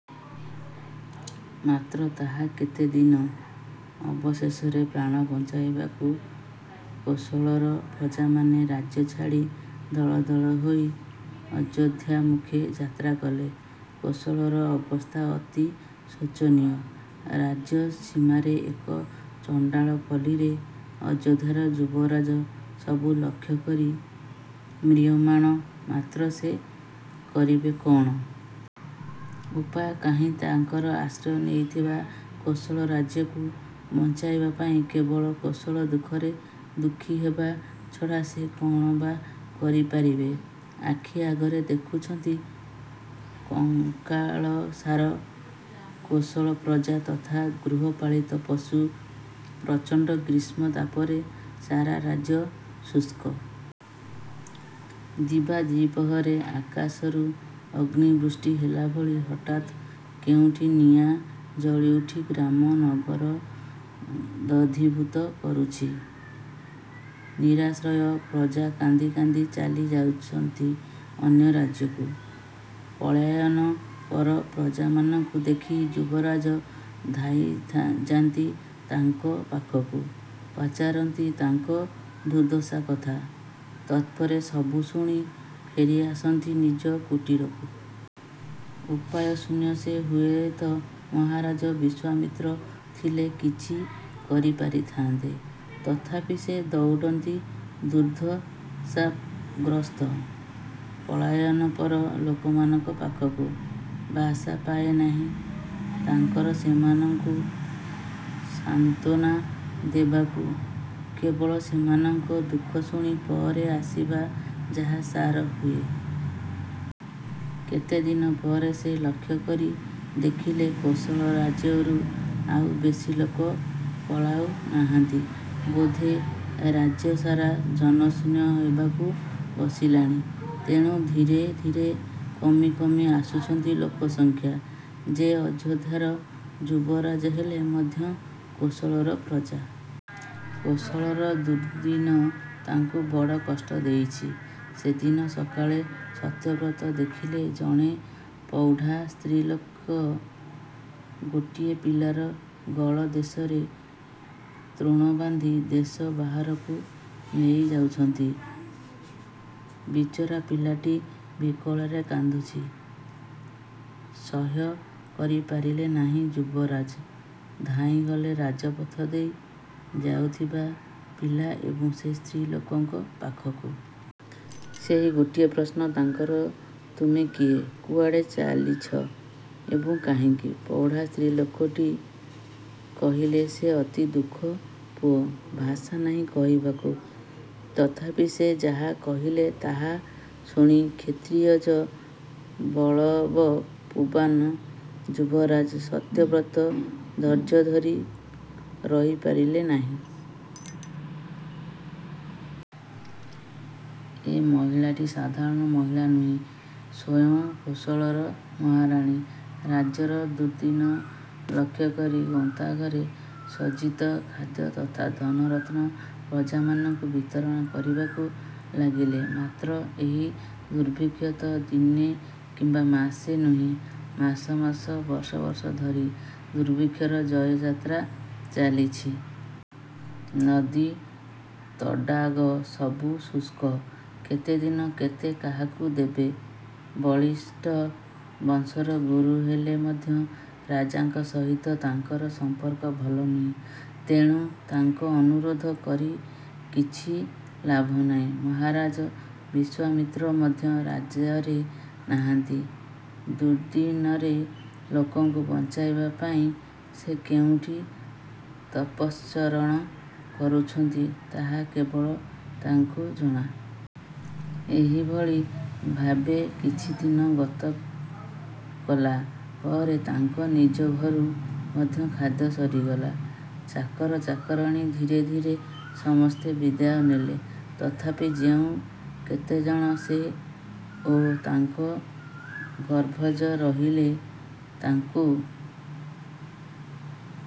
ମାତ୍ର ତାହା କେତେ ଦିନ। ଅବଶେଷରେ ପ୍ରାଣ ବଞ୍ଚାଇବାକୁ କୋଶଳର ପ୍ରଜାମାନେ ରାଜ୍ୟଛାଡ଼ି ଦଳ ଦଳ ହୋଇ ଅଯୋଧ୍ୟାମୁଖେ ଯାତ୍ରା କଲେ। କୋଶଳର ଅବସ୍ଥା ଅତି ଶୋଚନୀୟ। ରାଜ୍ୟ ସୀମାରେ ଏକ ଚଣ୍ଡାଳ ପଲ୍ଲୀରେ ଅଯୋଧ୍ୟାର ଯୁବରାଜ ସବୁ ଲକ୍ଷ୍ୟ କରି ମ୍ରିୟମାଣ; ମାତ୍ର ସେ କରିବେ କ'ଣ? ଉପାୟ କାହିଁ ତାଙ୍କର ଆଶ୍ରୟ ନେଇଥିବା କୋଶଳ ରାଜ୍ୟକୁ ବଞ୍ଚାଇବା ପାଇଁ କେବଳ କୋଶଳ ଦୁଃଖରେ ଦୁଃଖି ହେବା ଛଡ଼ା ସେ କ'ଣ ବା କରି ପାରିବେ। ଆଖି ଆଗରେ ଦେଖୁଛନ୍ତି କଙ୍କାଳସାର କୋଶଳ ପ୍ରଜା ତଥା ଗୃହପାଳିତ ପଶୁ। ପ୍ରଚଣ୍ଡ ଗ୍ରୀଷ୍ମତାପରେ ସାରା ରାଜ୍ୟ ଶୁଷ୍କ। ଦିବା ଦ୍ୱିପ୍ରହରେ ଆକାଶରୁ ଅଗ୍ନିବୃଷ୍ଟି ହେଲାଭଳି ହଠାତ୍ କେଉଁଠି ନିଆଁ ଜଳିଉଠି ଗ୍ରାମ, ନଗର ଦଗ୍ଧୀଭୂତ କରୁଛି। ନିରାଶ୍ରୟ ପ୍ରଜା କାନ୍ଦି କାନ୍ଦି ଚାଲି ଯାଉଛନ୍ତି ଅନ୍ୟ ରାଜ୍ୟକୁ। ପଳାୟନପର ପ୍ରଜାମାନଙ୍କୁ ଦେଖି ଯୁବରାଜ ଧାଇଁଯା'ନ୍ତି ତାଙ୍କ ପାଖକୁ। ପଚାରନ୍ତି ତାଙ୍କ ଦୁର୍ଦ୍ଦଶା କଥା। ତତ୍ପରେ ସବୁ ଶୁଣି ଫେରିଆସନ୍ତି ନିଜ କୁଟୀରକୁ। ଉପାୟ ଶୂନ୍ୟ ସେ। ହୁଏ ତ ମହାରାଜ ବିଶ୍ୱାମିତ୍ର ଥିଲେ କିଛି କରି ପାରିଥାନ୍ତେ। ତଥାପି ସେ ଦୌଡ଼ନ୍ତି ଦୁର୍ଦ୍ଦଶାଗ୍ରସ୍ତ ପଳାୟନପର ଲୋକମାନଙ୍କ ପାଖକୁ। ଭାଷା ପାଏ ନାହିଁ ତାଙ୍କର ସେମାନଙ୍କୁ ସାନ୍ତ୍ୱନା ଦେବାକୁ। କେବଳ ସେମାନଙ୍କ। ଦୁଃଖ ଶୁଣି ପରେ ଆସିବା ଯାହା ସାର ହୁଏ। କେତେ ଦିନ ପରେ ସେ ଲକ୍ଷ୍ୟ କରି ଦେଖିଲେ କୋଶଳ ରାଜ୍ୟରୁ ଆଉ ବେଶି ଲୋକ ପଳାଉ ନାହାନ୍ତି। ବୋଧେ ରାଜ୍ୟସାରା ଜନଶୂନ୍ୟ ହେବାକୁ ବସିଲାଣି। ତେଣୁ ଧୀରେ ଧୀରେ କମି କମି ଆସୁଛନ୍ତି ଲୋକସଂଖ୍ୟା। ଯେ ଅଯୋଧ୍ୟାର ଯୁବରାଜ ହେଲେ ମଧ୍ୟ କୋଶଳର ପ୍ରଜା। କୋଶଳର ଦୁର୍ଦ୍ଦିନ ତାଙ୍କୁ ବଡ଼ କଷ୍ଟ ଦେଉଛି। ସେଦିନ ସକାଳେ ସତ୍ୟବ୍ରତ ଦେଖିଲେ ଜଣେ ପୌଢ଼ା ସ୍ତ୍ରୀଲୋକ ଗୋଟିଏ ପିଲାର ଗଳଦେଶରେ ତୃଣବାନ୍ଧି ଦେଶ ବାହାରକୁ ନେଇ ଯାଉଛନ୍ତି। ବିଚରା ପିଲାଟି ବିକଳରେ କାନ୍ଦୁଛି। ସହ୍ୟ କରିପାରିଲେ ନାହିଁ ଯୁବରାଜ। ଧାଇଁଗଲେ ରାଜପଥ ଦେଇ ଯାଉଥିବା ପିଲା ଏବଂ ସେ ସ୍ତ୍ରୀ ଲୋକଙ୍କ ପାଖକୁ। ସେହି ଗୋଟିଏ ପ୍ରଶ୍ନ ତାଙ୍କର ତୁମେ କିଏ, କୁଆଡ଼େ ଚାଲିଛ ଏବଂ କାହିଁକି? ପୌଢ଼ା ସ୍ତ୍ରୀଲୋକଟି କହିଲେ, ସେ ଅତି ଦୁଃଖ ପୁଅ; ଭାଷା ନାହିଁ କହିବାକୁ। ତଥାପି ସେ ଯାହା କହିଲେ ତାହା ଶୁଣି କ୍ଷତ୍ରିୟଜ ବଳବପୁବାନ ଯୁବରାଜ ସତ୍ୟବ୍ରତ ଧୈର୍ଯ୍ୟଧରି ରହିପାରିଲେ ନାହିଁ। ଏ ମହିଳାଟି ସାଧାରଣ ମହିଳା ନୁହେଁ। ସ୍ୱୟଂ କୋଶଳର ମହାରାଣୀ। ରାଜ୍ୟର ଦୁର୍ଦ୍ଦିନ ଲକ୍ଷ୍ୟକରି ଗନ୍ତାଘରେ ସଞ୍ଚିତ ଖାଦ୍ୟ ତଥା ଧନରତ୍ନ ପ୍ରଜାମାନଙ୍କୁ ବିତରଣ କରିବାକୁ ଲାଗିଲେ; ମାତ୍ର ଏହି ଦୁର୍ଭିକ୍ଷ ତ ଦିନେ କିମ୍ବା ମାସେ ନୁହେଁ-ମାସ ମାସ ବର୍ଷ ବର୍ଷ ଧରି ଦୁର୍ଭିକ୍ଷର ଜୟଯାତ୍ରା ଚାଲିଛି। ନଦୀ ତଡ଼ାଗ ସବୁ ଶୁଷ୍କ। କେତେଦିନ କେତେ କାହାକୁ ଦେବେ? ବଶିଷ୍ଠ ବଂଶର ଗୁରୁ ହେଲେ ମଧ୍ୟ ରାଜାଙ୍କ ସହିତ ତାଙ୍କର ସମ୍ପର୍କ ଭଲ ନୁହେଁ। ତେଣୁ ତାଙ୍କ ଅନୁରୋଧ କରି କିଛି ଲାଭନାହିଁ। ମହାରାଜ ବିଶ୍ୱାମିତ୍ର ମଧ୍ୟ ରାଜ୍ୟରେ ନାହାନ୍ତି। ଦୁର୍ଦ୍ଦିନରେ ଲୋକଙ୍କୁ ବଞ୍ଚାଇବା ପାଇଁ ସେ କେଉଁଠି ତପଶ୍ଚରଣ କରୁଛନ୍ତି ତାହା କେବଳ ତାଙ୍କୁ ଜଣା। ଏହିଭଳି ଭାବେ କିଛିଦିନ ଗତକଲା ପରେ ତାଙ୍କ ନିଜ ଘରୁ ମଧ୍ୟ ଖାଦ୍ୟ ସରିଗଲା। ଚାକର ଚାକରାଣୀ ଧୀରେ ଧୀରେ ସମସ୍ତେ ବିଦାୟ ନେଲେ; ତଥାପି ଯେଉଁ କେତେଜଣ ସେ ଓ ତାଙ୍କ ଗର୍ଭଜ ରହିଲେ ତାଙ୍କୁ